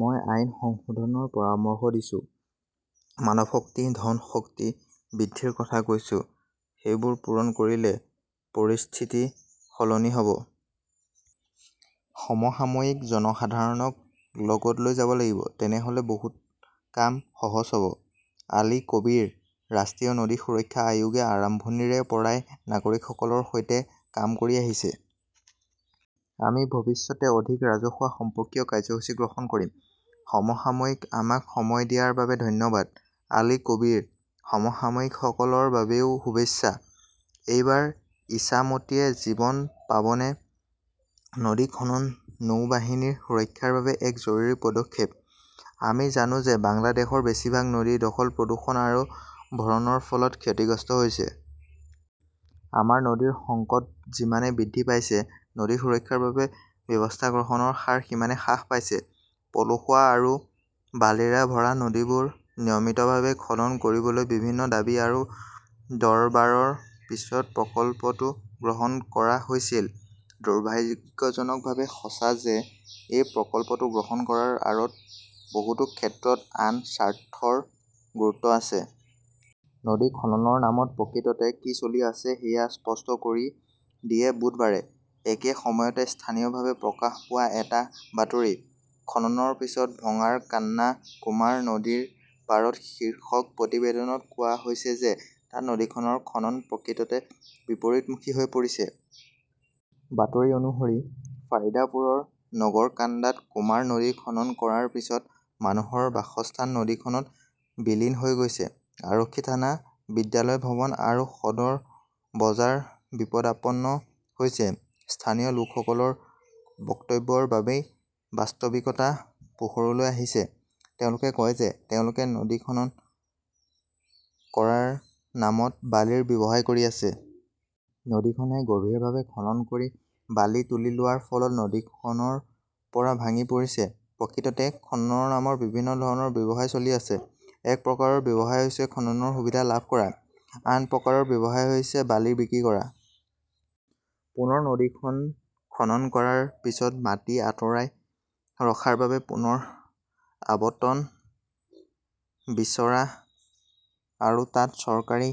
মই আইন সংশোধনৰ পৰামৰ্শ দিছো। মানৱশক্তি, ধন শক্তি বৃদ্ধিৰ কথা কৈছো। সেইবোৰ পূৰণ কৰিলে পৰিস্থিতি সলনি হ’ব। সমসাময়িকঃ জনসাধাৰণক লগত লৈ যাব লাগিব। তেনেহ’লে বহুত কাম সহজ হ’ব। আলী কবীৰঃ ৰাষ্ট্ৰীয় নদী সুৰক্ষা আয়োগে আৰম্ভণিৰে পৰাই নাগৰিকসকলৰ সৈতে কাম কৰি আহিছে। আমি ভৱিষ্যতে অধিক ৰাজহুৱা সম্পৰ্কীয় কাৰ্যসূচী গ্ৰহণ কৰিম। সমসাময়িকঃ আমাক সময় দিয়াৰ বাবে ধন্যবাদ। আলী কবীৰঃ সমসাময়িকসকলৰ বাবেও শুভেচ্ছা। এইবাৰ ইছামতীয়ে জীৱন পাবনে নদী খনন নৌবাহিনীৰ সুৰক্ষাৰ বাবে এক জৰুৰী পদক্ষেপ। আমি জানো যে বাংলাদেশৰ বেছিভাগ নদী দখল-প্ৰদূষণ আৰু ভৰণৰ ফলত ক্ষতিগ্ৰস্ত হৈছে। আমাৰ নদীৰ সংকট যিমানে বৃদ্ধি পাইছে; নদী সুৰক্ষাৰ বাবে ব্যৱস্থা গ্ৰহণৰ হাৰ সিমানে হ্ৰাস পাইছে। পলসুৱা আৰু বালিৰে ভৰা নদীবোৰ নিয়মিতভাৱে খনন কৰিবলৈ বিভিন্ন দাবী আৰু দৰবাৰৰ পিছত প্ৰকল্পটো গ্ৰহণ কৰা হৈছিল। দুৰ্ভাগ্যজনকভাৱে সঁচা যে এই প্ৰকল্পটো গ্ৰহণ কৰাৰ আঁৰত বহুতো ক্ষেত্ৰত আন স্বাৰ্থৰ গুৰুত্ব আছে। নদী খননৰ নামত প্ৰকৃততে কি চলি আছে সেয়া স্পষ্ট কৰি দিয়ে-বুধবাৰে একে সময়তে স্থানীয়ভাৱে প্ৰকাশ পোৱা এটা বাতৰি। খননৰ পিছত ভঙাৰ কান্না কুমাৰ নদীৰ পাৰত শীৰ্ষক প্ৰতিবেদনত কোৱা হৈছে যে তাত নদীখনৰ খনন প্ৰকৃততে বিপৰীতমুখী হৈ পৰিছে। বাতৰি অনুসৰি, ফাৰিদপুৰৰ নগৰকান্দাত কুমাৰ নদী খনন কৰাৰ পিছত মানুহৰ বাসস্থান নদীখনত বিলীন হৈ গৈছে। আৰক্ষী থানা, বিদ্যালয় ভৱন আৰু সদৰ বজাৰ বিপদাপন্ন হৈছে। স্থানীয় লোকসকলৰ বক্তব্যৰ বাবেই বাস্তৱিকতা পোহৰলৈ আহিছে। তেওঁলোকে কয় যে তেওঁলোকে নদীখন খনন কৰাৰ নামত বালিৰ ব্যৱসায় কৰি আছে। নদীখনে গভীৰভাৱে খনন কৰি বালি তুলি লোৱাৰ ফলত নদীখনৰ পাৰ ভাঙি পৰিছে। প্ৰকৃততে খননৰ নামত বিভিন্ন ধৰণৰ ব্যৱসায় চলি আছে। এক প্ৰকাৰৰ ব্যৱসায় হৈছে খননৰ সুবিধা লাভ কৰা; আন প্ৰকাৰৰ ব্যৱসায় হৈছে বালি বিক্ৰী কৰা। পুনৰ নদীখন খনন কৰাৰ পিছত মাটি আঁতৰাই ৰখাৰ বাবে পুনৰ আবণ্টন বিচাৰা আৰু তাত চৰকাৰী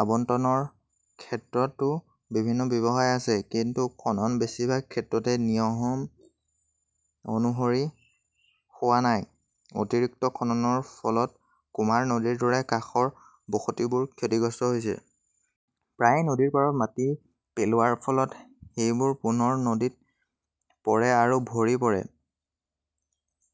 আবণ্টনৰ ক্ষেত্ৰতো বিভিন্ন ব্যৱসায় আছে। কিন্তু খনন বেছিভাগ ক্ষেত্ৰতে নিয়ম অনুসৰি হোৱা নাই। অতিৰিক্ত খননৰ ফলত কুমাৰ নদীৰ দৰে কাষৰ বসতিবোৰ ক্ষতিগ্ৰস্ত হৈছে। প্ৰায়ে নদীৰ পাৰত মাটি পেলোৱাৰ ফলত সেইবোৰ পুনৰ নদীত পৰে আৰু ভৰি পৰে।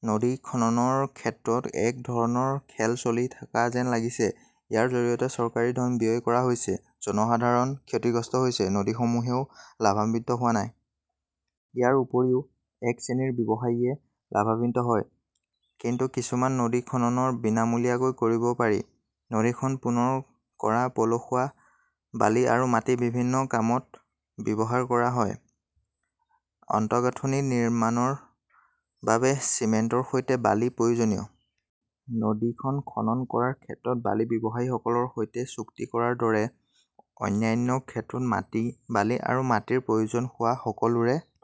নদী খননৰ ক্ষেত্ৰত এক ধৰণৰ খেল চলি থকা যেন লাগিছে। ইয়াৰ জৰিয়তে চৰকাৰী ধন ব্যয় কৰা হৈছে; জনসাধাৰণ ক্ষতিগ্ৰস্ত হৈছে; নদীসমূহেও লাভান্বিত হোৱা নাই। ইয়াৰ উপৰিও, এক শ্ৰেণীৰ ব্যৱসায়ীয়ে লাভান্বিত হয়। কিন্তু কিছুমান নদীৰ খনন বিনামূলীয়াকৈ কৰিব পাৰি। নদীখন পূৰণ কৰা পলসুৱা, বালি আৰু মাটি বিভিন্ন কামত ব্যৱহাৰ কৰা হয়। আন্তঃগাঁথনি নিৰ্মাণৰ বাবে চিমেণ্টৰ সৈতে বালি প্ৰয়োজনীয়। নদীখন খনন কৰাৰ ক্ষেত্ৰত বালি ব্যৱসায়ীসকলৰ সৈতে চুক্তি কৰাৰ দৰে, অন্যান্য ক্ষেত্ৰত মাটি, বালি আৰু মাটিৰ প্ৰয়োজন হোৱা সকলোৰে